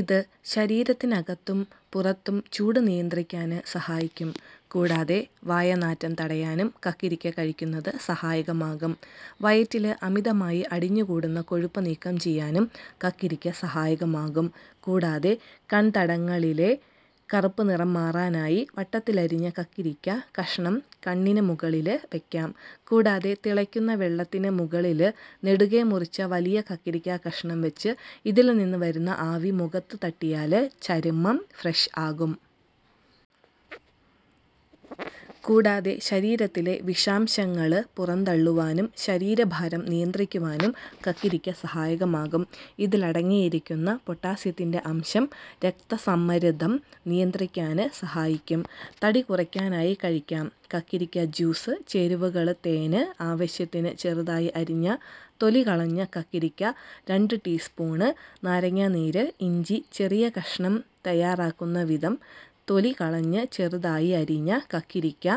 ഇത് ശരീരത്തിനകത്തും പുറത്തും ചൂട് നിയന്ത്രിക്കാന് സഹായിക്കും. കൂടാതെ വായനാറ്റം തടയാനും കക്കിരിക്ക കഴിക്കുന്നത് സഹായകമാകും. വയറ്റില് അമിതമായി അടിഞ്ഞു കൂടുന്ന കൊഴുപ്പ് നീക്കം ചെയ്യാനും കക്കിരിക്ക സഹായകമാകും. കൂടാതെ കണ്തടങ്ങളിലെ കറുപ്പ് നിറം മാറാനായി വട്ടത്തിലരിഞ്ഞ കക്കിരക്ക കഷ്ണം കണ്ണിന് മുകളില് വെക്കാം. കൂടാതെ തിളയ്ക്കുന്ന വെള്ളത്തിന് മുകളില് നെടുകെ മുറിച്ച വലിയ കക്കിരിക്കാ കഷ്ണം വെച്ച് ഇതില് നിന്ന് വരുന്ന ആവി മുഖത്ത് തട്ടിയാല് ചര്മ്മം ഫ്രഷ് ആകും. കൂടാതെ ശരീരത്തിലെ വിഷാംശങ്ങള് പുറന്തളളുവാനും ശരീരഭാരം നിയന്ത്രിക്കുവാനും കക്കിരക്ക സഹായകമാകും. ഇതിലടങ്ങിയിരിക്കുന്ന പൊട്ടാസ്യത്തിന്റെ അംശം രക്തസമ്മര്ദ്ദം നിയന്ത്രിക്കാന് സഹായിക്കും. തടികുറയ്ക്കാനായി കഴിക്കാം കക്കിരിക്ക ജ്യൂസ് ചേരുവകള് തേന് ആവശ്യത്തിന് ചെറുതായി അരിഞ്ഞ തൊലി കളഞ്ഞ കക്കിരിക്ക രണ്ട് ടീസ്പൂണ് നാരങ്ങനീര് ഇഞ്ചി ചെറിയ കഷ്ണം തയ്യാറാക്കുന്ന വിധം തൊലി കളഞ്ഞ് ചെറുതായി അരിഞ്ഞ കക്കിരക്ക,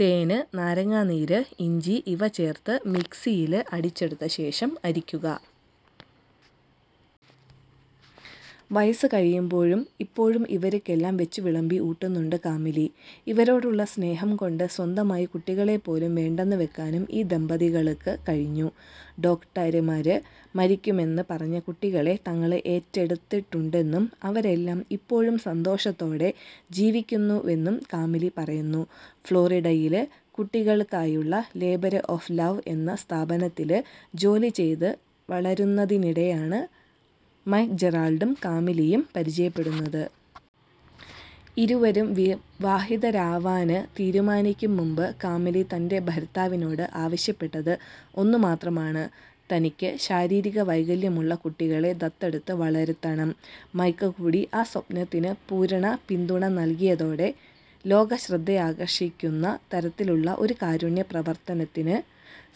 തേന്, നാരങ്ങനീര്, ഇഞ്ചി ഇവ ചേര്ത്ത് മിക്സിയില് അടിച്ചെടുത്ത ശേഷം അരിക്കുക. വയസ് കഴിയുമ്പോഴും ഇപ്പോഴും ഇവര്ക്കെല്ലാം വെച്ചുവിളമ്പി ഊട്ടുന്നുണ്ട് കാമിലി. ഇവരോടുള്ള സ്നേഹം കൊണ്ട് സ്വന്തമായി കുട്ടികളെ പോലും വേണ്ടന്ന് വെക്കാനും ഈ ദമ്പതികള്ക്ക് കഴിഞ്ഞു. ഡോക്ടര്മാര് മരിക്കുമെന്ന് പറഞ്ഞ കുട്ടികളെ തങ്ങള് ഏറ്റെടുത്തിട്ടുണ്ടെന്നും അവരെല്ലാം ഇപ്പോഴും സന്തോഷത്തോടെ ജീവിക്കുന്നുവെന്നും കാമിലി പറയുന്നു. ഫ്ളോറിഡയില് കുട്ടികള്ക്കായുള്ള ലേബര് ഓഫ് ലൗ എന്ന സ്ഥാപനത്തില് ജോലി ചെയ്ത് വരുന്നതിനിടെയാണ് മൈക്ക് ജെറാള്ഡിയും കാമിലിയും പരിചയപ്പെടുന്നത്. ഇരുവരും വിവാഹിതരാവാന് തീരുമാനിക്കും മുമ്പ് കാമിലി തന്റെ ഭര്ത്താവിനോട് ആവശ്യപ്പെട്ടത് ഒന്നുമാത്രമാണ്. തനിക്ക് ശാരീരിക വൈകല്യമുള്ള കുട്ടികളെ ദത്തെടുത്ത് വളര്ത്തണം. മൈക്ക് കൂടി ആ സ്വപ്നത്തിന് പൂര്ണ പിന്തുണ നല്കിയതോടെ ലോക ശ്രദ്ധയാകര്ഷിക്കുന്ന തരത്തിലുള്ള ഒരു കാരുണ്യ പ്രവര്ത്തനത്തിന്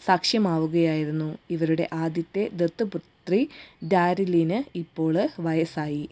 സാക്ഷ്യമാവുകയായിരുന്നു. ഇവരുടെ ആദ്യത്തെ ദത്തുപുത്രി ഡാര്ലിന് ഇപ്പോള് വയസായി.